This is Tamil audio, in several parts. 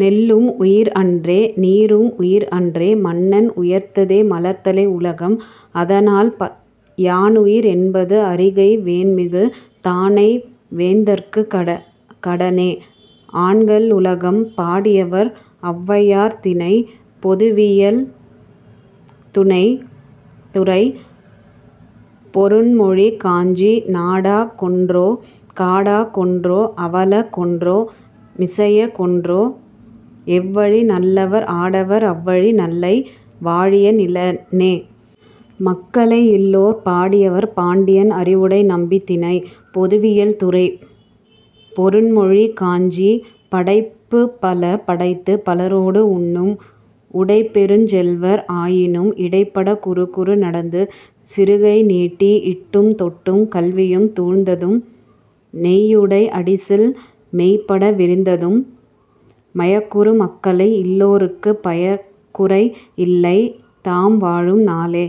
நெல்லும் உயிர் அன்றே; நீரும் உயிர் அன்றே; மன்னன் உயிர்த்தே மலர்தலை உலகம்; அதனால், யான்உயிர் என்பது அறிகை வேன்மிகு தானை வேந்தற்குக் கடனே.. ஆண்கள் உலகம்! பாடியவர்: ஔவையார் திணை: பொதுவியல் துறை: பொருண்மொழிக் காஞ்சி நாடா கொன்றோ; காடா கொன்றோ; அவலா கொன்றோ; மிசையா கொன்றோ; எவ்வழி நல்லவர் ஆடவர், அவ்வழி நல்லை; வாழிய நிலனே!. மக்களை இல்லோர்! பாடியவர்: பாண்டியன் அறிவுடை நம்பி திணை: பொதுவியல் துறை: பொருண்மொழிக் காஞ்சி படைப்புப்பல படைத்துப் பலரோடு உண்ணும் உடைப்பெருஞ் செல்வர் ஆயினும், இடைப்படக் குறுகுறு நடந்து, சிறுகை நீட்டி, இட்டும், தொட்டும், கவ்வியும், துழந்தும் நெய்யுடை அடிசில் மெய்பட விதிர்த்தும், மயக்குறு மக்களை இல்லோர்க்குப் பயக்குறை இல்லைத் தாம் வாழும் நாளே..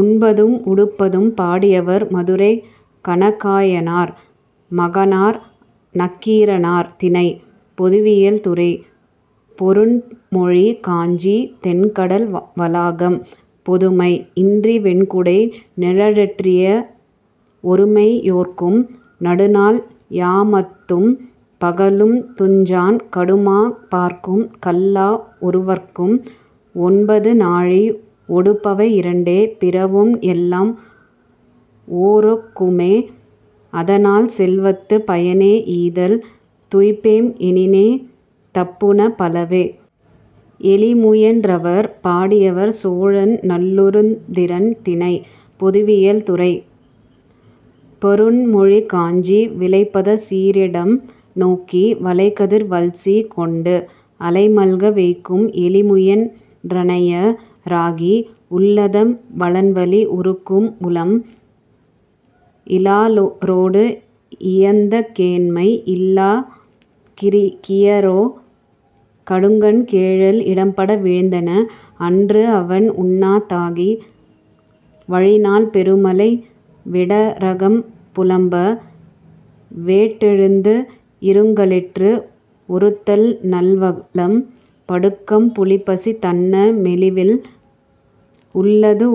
உண்பதும் உடுப்பதும்! பாடியவர்: மதுரைக் கணக்காயனார் மகனார் நக்கீரனார் திணை: பொதுவியல் துறை: பொருண்மொழிக் காஞ்சி தெண்கடல் வளாகம் பொதுமை 'இன்றி வெண்குடை நிழற்றிய ஒருமை யோர்க்கும், நடுநாள் யாமத்தும் பகலும் துஞ்சான் கடுமாப் பார்க்கும் கல்லா ஒருவற்கும், உண்பது நாழி; உடுப்பவை இரண்டே; பிறவும் எல்லாம் ஓரொக் குமே; அதனால், செல்வத்துப் பயனே ஈதல்; துய்ப்பேம் எனினே, தப்புந பலவே.. எலி முயன் றனையர்! பாடியவர்: சோழன் நல்லுருத்திரன் திணை: பொதுவியல் துறை: பொருண்மொழிக் காஞ்சி விளைபதச் சீறிடம் நோக்கி, வளைகதிர் வல்சி கொண்டு, அளை மல்க வைக்கும் எலிமுயன் றனைய ராகி, உள்ளதம் வளன்வலி உறுக்கும் உளம் இலாளரோடு இயைந்த கேண்மை இல்லா கியரோ! கடுங்கண் கேழல் இடம்பட வீழ்ந்தென, அன்று அவண் உண்ணா தாகி, வழிநாள், பெருமலை விடரகம் புலம்ப, வேட்டெழுந்து, இருங்களிற்று ஒருத்தல் நல்வலம் படுக்கும் புலிபசித் தன்ன மெலிவில் உள்ளத்து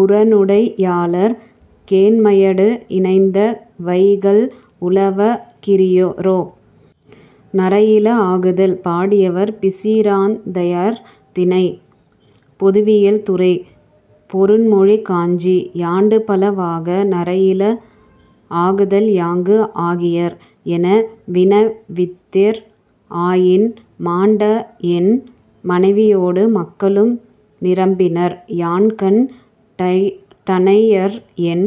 உரனுடை யாளர் கேண்மையடு இயைந்த வைகல் உளவா கியரோ!. நரையில ஆகுதல்! பாடியவர்: பிசிராந்தையர் திணை: பொதுவியல் துறை: பொருண்மொழிக் காஞ்சி 'யாண்டுபல வாக, நரையில ஆகுதல் யாங்கு ஆகியர்? ' என வினவுதிர் ஆயின், மாண்டஎன் மனைவியோடு, மக்களும் நிரம்பினர்; யான்கண் டனையர்என்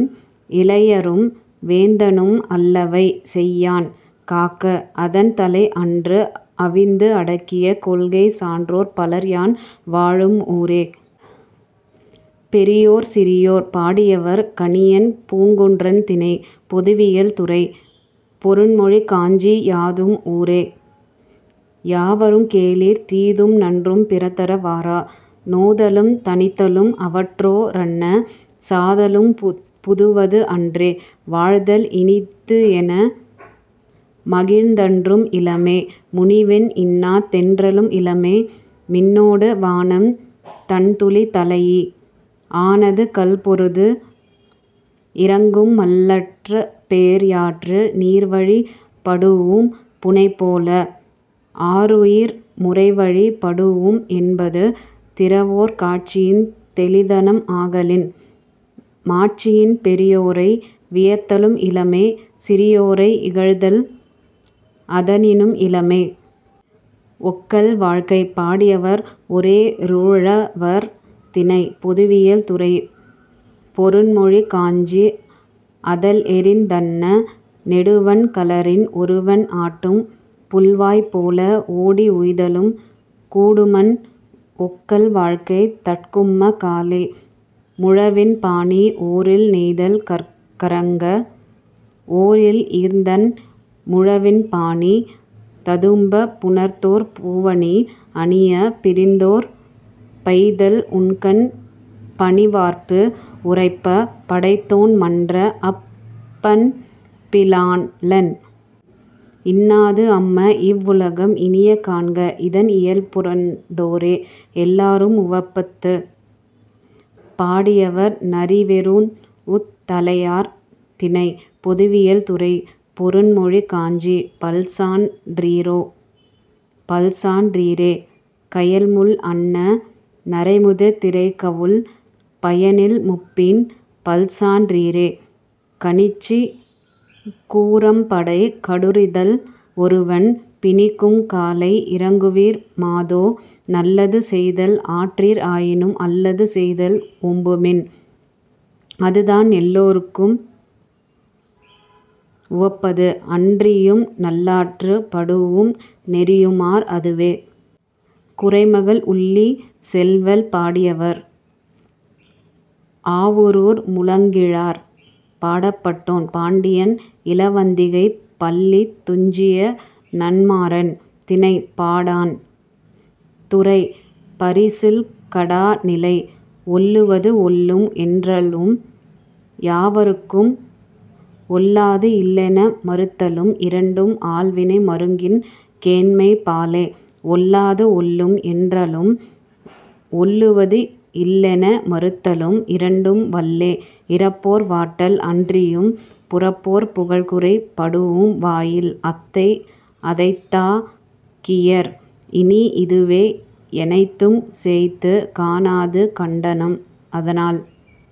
இளையரும்; வேந்தனும் அல்லவை செய்யான், காக்க; அதன்தலை ஆன்றுஅவிந்து அடங்கிய கொள்கைச் சான்றோர் பலர் யான் வாழும் ஊரே.. பெரியோர் சிறியோர்! பாடியவர்: கணியன் பூங்குன்றன் திணை: பொதுவியல் துறை: பொருண்மொழிக் காஞ்சி யாதும் ஊரே; யாவரும் கேளிர்; தீதும் நன்றும் பிறர்தர வாரா; நோதலும் தணிதலும் அவற்றோ ரன்ன; சாதலும் புதுவது அன்றே; வாழ்தல் இனிதுஎன மகிழ்ந்தன்றும் இலமே; முனிவின், இன்னா தென்றலும் இலமே; 'மின்னொடு வானம் தண்துளி தலைஇ, ஆனாது கல்பொருது இரங்கும் மல்லற் பேர்யாற்று நீர்வழிப் படூஉம் புணைபோல, ஆருயிர் முறைவழிப் படூஉம்' என்பது திறவோர் காட்சியின் தெளிந்தனம் ஆகலின், மாட்சியின் பெரியோரை வியத்தலும் இலமே; சிறியோரை இகழ்தல் அதனினும் இலமே.. ஒக்கல் வாழ்க்கை! பாடியவர்: ஓரேருழவர் திணை: பொதுவியல் துறை: பொருண்மொழிக் காஞ்சி அதள்எறிந் தன்ன நெடுவெண் களரின் ஒருவன் ஆட்டும் புல்வாய் போல, ஓடி உய்தலும் கூடும்மன்; ஒக்கல் வாழ்க்கை தட்கும்மா காலே.. முழவின் பாணி! ஓரில் நெய்தல் கறங்க, ஓர்இல் ஈர்ந்தண் முழவின் பாணி ததும்பப், புணர்ந்தோர் பூவணி அணியப், பிரிந்தோர் பைதல் உண்கண் பனிவார்பு உறைப்பப், படைத்தோன் மன்ற, அப் பண்பி லாளன்! இன்னாது அம்ம, இவ் வுலகம்; இனிய காண்க, இதன் இயல்புணர்ந் தோரே.. எல்லாரும் உவப்பது! பாடியவர்: நரிவெரூஉத் தலையார் திணை: பொதுவியல் துறை: பொருண்மொழிக் காஞ்சி பல்சான் றீரே! பல்சான் றீரே! கயல்முள் அன்ன நரைமுதிர் திரைகவுள், பயனில் மூப்பின், பல்சான் றீரே! கணிச்சிக் கூர்ம்படைக் கடுந்திறல் ஒருவன் பிணிக்கும் காலை, இரங்குவிர் மாதோ; நல்லது செய்தல் ஆற்றீர் ஆயினும், அல்லது செய்தல் ஓம்புமின்; அதுதான் எல்லாரும் உவப்பது; அன்றியும், நல்லாற்றுப் படூஉம் நெறியுமார் அதுவே.. குறுமகள் உள்ளிச் செல்வல்! பாடியவர்: ஆவூர் மூலங்கிழார். பாடப்பட்டோன்: பாண்டியன் இலவந்திகைப் பள்ளித் துஞ்சிய நன்மாறன். திணை: பாடாண். துறை: பரிசில் கடா நிலை. ஒல்லுவது ஒல்லும் என்றலும், யாவர்க்கும் ஒல்லாது இல்லென மறுத்தலும், இரண்டும், ஆள்வினை மருங்கின் கேண்மைப் பாலே; ஒல்லாது ஒல்லும் என்றலும், ஒல்லுவது இல்லென மறுத்தலும், இரண்டும், வல்லே; இரப்போர் வாட்டல் அன்றியும், புரப்போர் புகழ்குறை படூஉம் வாயில் அத்தை அனைத்தா கியர், இனி; இதுவே எனைத்தும் சேய்த்துக் காணாது கண்டனம்; அதனால்,।